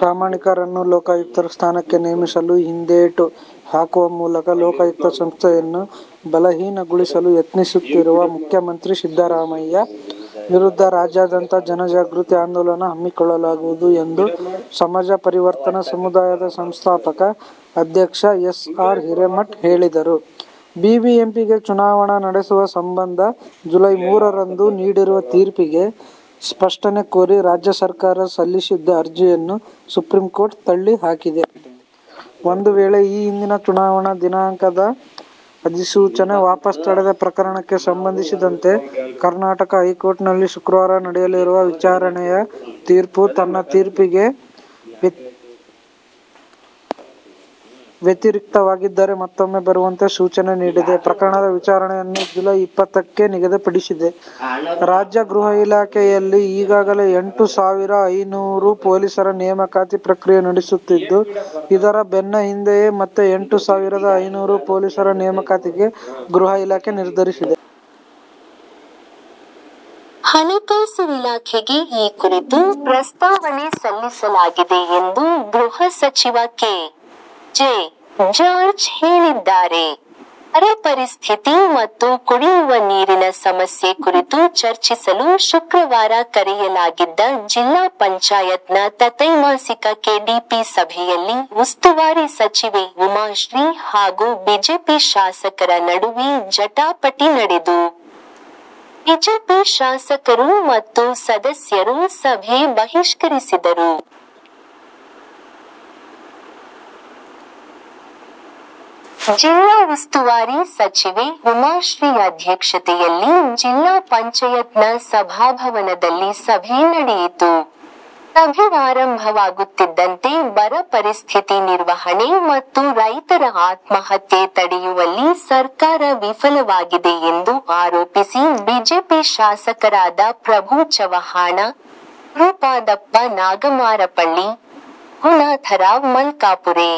ಪ್ರಾಮಾಣಿಕರನ್ನು ಲೋಕಾಯುಕ್ತರ ಸ್ಥಾನಕ್ಕೆ ನೇಮಿಸಲು ಹಿಂದೇಟು ಹಾಕುವ ಮೂಲಕ ಲೋಕಾಯುಕ್ತ ಸಂಸ್ಥೆಯನ್ನು ಬಲಹೀನಗೊಳಿಸಲು ಯತ್ನಿಸುತ್ತಿರುವ ಮುಖ್ಯಮಂತ್ರಿ ಸಿದ್ದರಾಮಯ್ಯ ವಿರುದ್ಧ ರಾಜ್ಯಾದ್ಯಂತ ಜನಜಾಗೃತಿ ಆಂದೋಲನ ಹಮ್ಮಿಕೊಳ್ಳಲಾಗುವುದು ಎಂದು ಸಮಾಜ ಪರಿವರ್ತನ ಸಮುದಾಯದ ಸಂಸ್ಥಾಪಕ ಅಧ್ಯಕ್ಷ ಎಸ್. ಆರ್. ಹಿರೇಮಠ ಹೇಳಿದರು. ಬಿಬಿಎಂಪಿಗೆ ಚುನಾವಣೆ ನಡೆಸುವ ಸಂಬಂಧ ಜುಲೈ ಮೂರರಂದು ನೀಡಿರುವ ತೀರ್ಪಿಗೆ ಸ್ಪಷ್ಟನೆ ಕೋರಿ ರಾಜ್ಯ ಸರ್ಕಾರ ಸಲ್ಲಿಸಿದ್ದ ಅರ್ಜಿಯನ್ನು ಸುಪ್ರೀಂಕೋರ್ಟ್ ತಳ್ಳಿಹಾಕಿದೆ. ಒಂದು ವೇಳೆ, ಈ ಹಿಂದಿನ ಚುನಾವಣಾ ದಿನಾಂಕದ ಅಧಿಸೂಚನೆ ವಾಪಸ್ ಪಡೆದ ಪ್ರಕರಣಕ್ಕೆ ಸಂಬಂಧಿಸಿದಂತೆ ಕರ್ನಾಟಕ ಹೈಕೋರ್ಟ್ನಲ್ಲಿ ಶುಕ್ರವಾರ ನಡೆಯಲಿರುವ ವಿಚಾರಣೆಯ ತೀರ್ಪು ತನ್ನ ತೀರ್ಪಿಗೆ ವ್ಯತಿರಿಕ್ತವಾಗಿದ್ದರೆ ಮತ್ತೂಮ್ಮೆ ಬರುವಂತೆ ಸೂಚನೆ ನೀಡಿದೆ. ಪ್ರಕರಣದ ವಿಚಾರಣೆಯನ್ನು ಜುಲೈ ಇಪ್ಪತ್ತಕ್ಕೆ ನಿಗದಿಪಡಿಸಿದೆ. ರಾಜ್ಯ ಗೃಹ ಇಲಾಖೆಯಲ್ಲಿ ಈಗಾಗಲೇ ಎಂಟು ಸಾವಿರದ ಐನೂರು ಪೊಲೀಸರ ನೇಮಕಾತಿ ಪ್ರಕ್ರಿಯೆ ನಡೆಯುತ್ತಿದ್ದು, ಇದರ ಬೆನ್ನ ಹಿಂದೆಯೇ ಮತ್ತೆ ಎಂಟು ಸಾವಿರದ ಐನೂರು ಪೊಲೀಸರ ನೇಮಕಾತಿಗೆ ಗೃಹ ಇಲಾಖೆ ನಿರ್ಧರಿಸಿದೆ. ಹಣಕಾಸು ಇಲಾಖೆಗೆ ಈ ಕುರಿತು ಪ್ರಸ್ತಾವನೆ ಸಲ್ಲಿಸಲಾಗಿದೆ ಎಂದು ಗೃಹ ಸಚಿವ ಕೆ. ಜೆ. ಜಾರ್ಜ್ ಹೇಳಿದ್ದಾರೆ. ಬರ ಪರಿಸ್ಥಿತಿ ಮತ್ತು ಕುಡಿಯುವ ನೀರಿನ ಸಮಸ್ಯೆ ಕುರಿತು ಚರ್ಚಿಸಲು ಶುಕ್ರವಾರ ಕರೆಯಲಾಗಿದ್ದ ಜಿಲ್ಲಾ ಪಂಚಾಯತ್ ನ ತ್ತೈಮಾಸಿಕ ಕೆಡಿಪಿ ಸಭೆಯಲ್ಲಿ ಉಸ್ತುವಾರಿ ಸಚಿವೆ ಉಮಾಶ್ರೀ ಹಾಗೂ ಬಿಜೆಪಿ ಶಾಸಕರ ನಡುವೆ ಜಟಾಪಟಿ ನಡೆದು, ಬಿಜೆಪಿ ಶಾಸಕರು ಮತ್ತು ಸದಸ್ಯರು ಸಭೆ ಬಹಿಷ್ಕರಿಸಿದರು. ಜಿಲ್ಲಾ ಉಸ್ತುವಾರಿ ಸಚಿವೆ ಉಮಾಶ್ರೀ ಅಧ್ಯಕ್ಷತೆಯಲ್ಲಿ ಜಿಲ್ಲಾ ಪಂಚಯತ್ ನ ಸಭಾಭವನದಲ್ಲಿ ಸಭೆ ನಡೆಯಿತು. ಸಭೆ ಆರಂಭವಾಗುತ್ತಿದ್ದಂತೆ ಬರ ಪರಿಸ್ಥಿತಿ ನಿರ್ವಹಣೆ ಮತ್ತು ರೈತರ ಆತ್ಮಹತ್ಯೆ ತಡೆಯುವಲ್ಲಿ ಸರ್ಕಾರ ವಿಫಲವಾಗಿದೆ ಎಂದು ಆರೋಪಿಸಿ ಬಿಜೆಪಿ ಶಾಸಕರಾದ ಪ್ರಭು ಚವ್ಹಾಣ, ಗುರುಪಾದಪ್ಪ ನಾಗಮಾರಪಳ್ಳಿ, ರಘುನಾಥರಾವ್ ಮಲ್ಕಾಪುರೆ,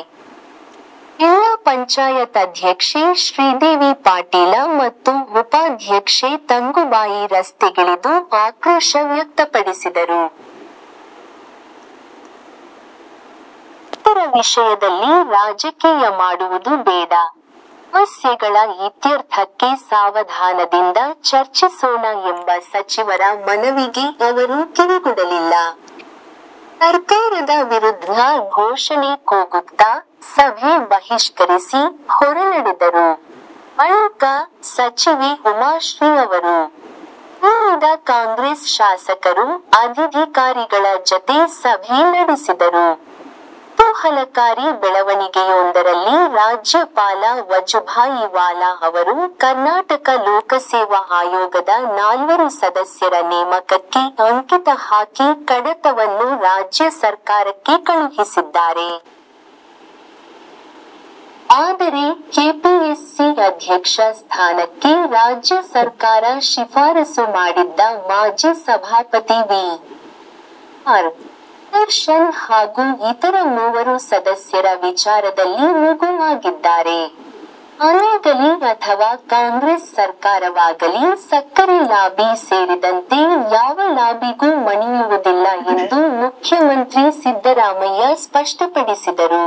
ಜಿಲ್ಲಾ ಪಂಚಾಯತ್ ಅಧ್ಯಕ್ಷೆ ಶ್ರೀದೇವಿ ಪಾಟೀಲ ಮತ್ತು ಉಪಾಧ್ಯಕ್ಷೆ ತಂಗುಬಾಯಿ ರಸ್ತೆಗಿಳಿದು ಆಕ್ರೋಶ ವ್ಯಕ್ತಪಡಿಸಿದರು. ರೈತರ ವಿಷಯದಲ್ಲಿ ರಾಜಕೀಯ ಮಾಡುವುದು ಬೇಡ, ಸಮಸ್ಯೆಗಳ ಇತ್ಯರ್ಥಕ್ಕೆ ಸಾವಧಾನದಿಂದ ಚರ್ಚಿಸೋಣ ಎಂಬ ಸಚಿವರ ಮನವಿಗೆ ಅವರು ಕಿವಿಗೊಡಲಿಲ್ಲ. ಸರ್ಕಾರದ ವಿರುದ್ಧ ಘೋಷಣೆ ಕೂಗುತ್ತಾ, ಸಭೆ ಬಹಿಷ್ಕರಿಸಿ, ಹೊರನಡೆದರು. ಬಳಿಕ, ಸಚಿವೆ ಉಮಾಶ್ರೀ ಅವರು, ಇನ್ನುಳಿದ ಕಾಂಗ್ರೆಸ್ ಶಾಸಕರು, ಅಧಿಧಿಕಾರಿಗಳ ಜತೆ ಸಭೆ ನಡೆಸಿದರು. ಕುತೂಹಲಕಾರಿ ಬೆಳವಣಿಗೆಯೋಂದರಲ್ಲಿ ರಾಜ್ಯಪಾಲ ವಜುಭಾಯಿ ವಾಲಾ ಅವರು ಕರ್ನಾಟಕ ಲೋಕಸೇವಾ ಆಯೋಗದ ನಾಲ್ವರು ಸದಸ್ಯರ ನೇಮಕಕ್ಕೆ ಅಂಕಿತ ಹಾಕಿ ಕಡತವನ್ನು ರಾಜ್ಯ ಸರ್ಕಾರಕ್ಕೆ ಕಳುಹಿಸಿದ್ದಾರೆ. ಆದರೆ, ಕೆಪಿಎಸ್ಸಿ ಅಧ್ಯಕ್ಷ ಸ್ಥಾನಕ್ಕೆ ರಾಜ್ಯ ಸರ್ಕಾರ ಶಿಫಾರಸು ಮಾಡಿದ್ದ ಮಾಜಿ ಸಭಾಪತಿ ವಿ. ಆರ್. ಸುದರ್ಶನ್ ಹಾಗೂ ಇತರ ಮೂವರು ಸದಸ್ಯರ ವಿಚಾರದಲ್ಲಿ ಮುಗುಂ ಆಗಿದ್ದಾರೆ. ನಾನಾಗಲಿ ಅಥವಾ ಕಾಂಗ್ರೆಸ್ ಸರ್ಕಾರವಾಗಲಿ ಸಕ್ಕರೆ ಲಾಬಿ ಸೇರಿದಂತೆ ಯಾವ ಲಾಬಿಗೂ ಮಣಿಯುವುದಿಲ್ಲ ಎಂದು ಮುಖ್ಯಮಂತ್ರಿ ಸಿದ್ದರಾಮಯ್ಯ ಸ್ಪಷ್ಟಪಡಿಸಿದರು.